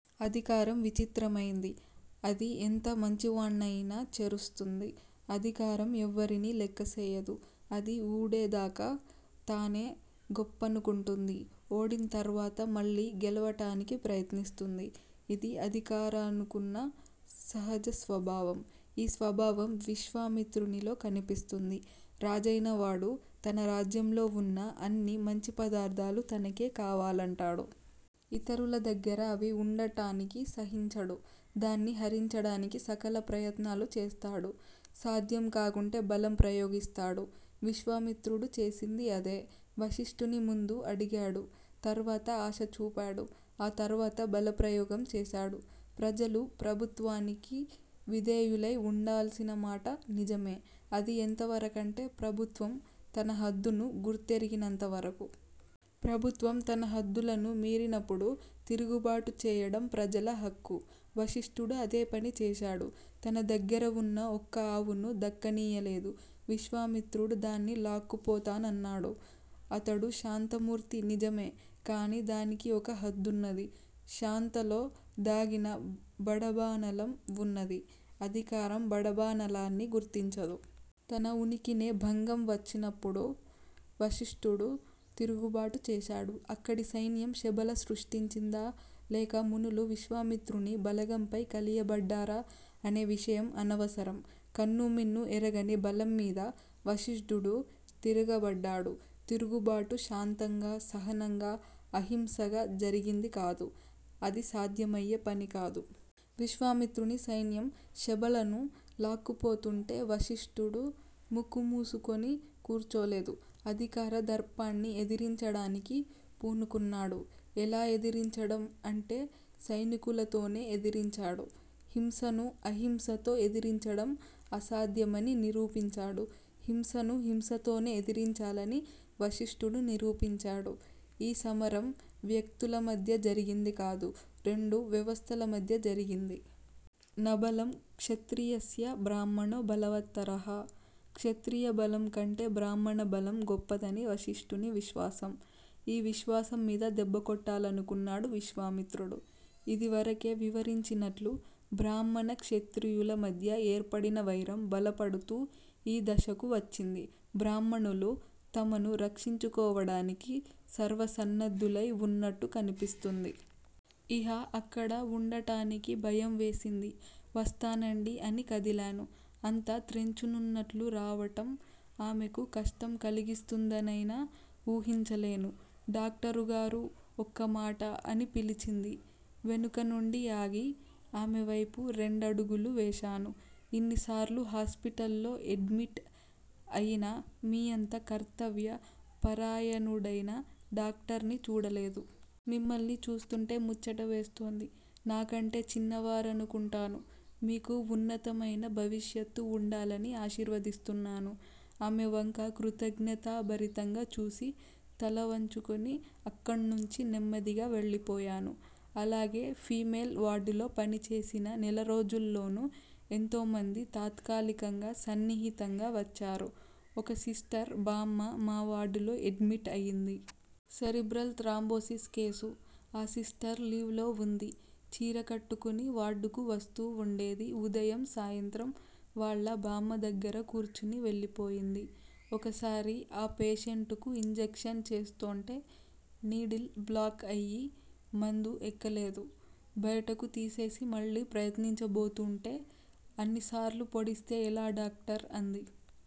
అధికారం విచిత్రమైంది. అది ఎంత మంచివాణ్ణయినా చెరుస్తుంది. అధికారం ఎవ్వరినీ లెక్కసేయదు. అది ఊడేదాగా తానే గొప్పనుకుంటుంది. ఓడింతర్వాత మళ్లీ గెలవటానికి ప్రయత్నిస్తుంది. ఇది అధికారానుకున్న సహజస్వభావం. ఈ స్వభావం విశ్వామిత్రునిలో కనిపిస్తుంది. రాజైనవాడు తన రాజ్యంలో వున్న అన్ని మంచి పదార్థాలు తనకే కావాలంటాడు. ఇతరుల దగ్గర అవి వుండటానికి సహించడు. దాన్ని హరించడానికి సకల ప్రయత్నాలు చేస్తాడు. సాధ్యంకాకుంటే బలం ప్రయోగిస్తాడు. విశ్వామిత్రుడు చేసింది అదే. వశిష్ఠుని ముందు అడిగాడు. తర్వాత ఆశ చూపాడు. ఆ తర్వాత బలప్రయోగం చేశాడు. ప్రజలు ప్రభుత్వానికి విధేయులై వుండాల్సినమాట నిజమే. అది ఎంతవరకంటే ప్రభుత్వం తన హద్దును గుర్తెరిగినంతవరకు. ప్రభుత్వం తన హద్దులను మీరినపుడు తిరుగుబాటు చేయడం ప్రజల హక్కు. వశిష్టుడు అదేపని చేశాడు. తన దగ్గర వున్న ఒక్క ఆవును దక్కనీయలేదు. విశ్వామిత్రుడు దాన్ని లాక్కుపోతానన్నాడు. అతడు శాంతమూర్తి నిజమే. కాని దానికి ఒక హద్దున్నది. శాంతలో దాగిన బడబానలం వున్నది. అధికారం బడబానలాన్ని గుర్తించదు. తన ఉనికినే భంగం వచ్చినప్పుడు వశిష్టుడు తిరుగుబాటు చేశాడు. అక్కడి సైన్యం శబల సృష్టించిందా? లేక మునులు విశ్వామిత్రుని బలగంపైన కలియబడ్డారా అనే విషయం అనవసరం, కన్ను మిన్ను ఎరగని బలంమీద వశిష్ఢుడు తిరగబడ్డాడు. తిరుగుబాటు శాంతంగా, సహనంగా, అహింసగా జరిగిందికాదు. అది సాధ్యమయ్యే పనికాదు. విశ్వామిత్రుని సైన్యం శబళను లాక్కుపోతుంటే వశిష్టుడు ముక్కు మూసుకొని కూర్చోలేదు. అధికార దర్పాన్ని ఎదిరించడానికి పూనుకున్నాడు. ఎలా ఎదిరించడం? అంటే సైనికులతోనే ఎదిరించాడు. హింసను అహింసతో ఎదిరించడం అసాధ్యమని నిరూపించాడు. హింసను హింసతోనే ఎదిరించాలని వశిష్టుడు నిరూపించాడు. ఈ సమరం వ్యక్తులమధ్య జరిగిందికాదు. రెండు వ్యవస్థలమధ్య జరిగింది. నబలం క్షత్రియస్య బ్రాహ్మణో బలవత్తరః క్షత్రియ బలంకంటే బ్రాహ్మణ బలం గొప్పదని వశిష్టుని విశ్వాసం. ఈ విశ్వాసం మీద దెబ్బకొట్టాలనుకున్నాడు విశ్వామిత్రుడు. ఇదివరకే వివరించినట్లు, బ్రాహ్మణ, క్షత్రియుల మధ్య ఏర్పడిన వైరం బలపడుతూ ఈ దశకు వచ్చింది. బ్రాహ్మణులు తమను రక్షించుకోవడానికి సర్వసన్నద్ధులై వున్నట్టు కనిపిస్తుంది. ఇహ అక్కడ వుండటానికి భయం వేసింది. వస్తానండి అని కదిలాను. అంత త్రెంచునున్నట్లు రావటం ఆమెకు కష్టం కలిగిస్తుందనైనా ఊహించలేను. డాక్టరుగారూ, ఒక్కమాట! అని పిలిచింది, వెనుకనుండి ఆగి, ఆమె వైపు రెండడుగులు వేశాను. ఇన్నిసార్లు హాస్పిటల్ లో ఎడ్మిట్ అయినా మీ అంత కర్తవ్య పరాయణుడైన డాక్టర్ని చూడలేదు. మిమ్మల్ని చూస్తుంటే ముచ్చట వేస్తోంది నాకంటే చిన్నవారనుకుంటాను, మీకు వున్నతమైన భవిష్యత్తు వుండాలని ఆశీర్వదిస్తున్నాను. ఆమె వంక కృతజ్ఞతా భరితంగా చూసి, తల వంచుకుని అక్కణ్నుంచి నెమ్మదిగా వెళ్ళిపోయాను. అలాగే ఫిమేల్ వార్డులో పనిచేసిన నెలరోజుల్లోనూ ఎంతోమంది తాత్కాలికంగా సన్నిహితంగా వచ్చారు. ఒక సిస్టర్ బామ్మ మా వార్డులో ఎడ్మిట్ అయింది. Cerebral thrombosis case. ఆ సిస్టర్ లీవ్ లో వుంది. చీరె కట్టుకుని వార్డుకు వస్తూ వుండేది ఉదయం, సాయంత్రం వాళ్ళ బామ్మ దగ్గర కూర్చుని వెళ్ళిపోయింది. ఒకసారి ఆ పేషెంటుకు ఇంజక్షన్ చేస్తోంటే నీడిల్ బ్లాక్ అయి మందు ఎక్కలేదు బయటకు తీసేసి మళ్ళీ ప్రయత్నించబోతూంటే అన్నిసార్లు పొడిస్తే ఎలా డాక్టర్? అంది.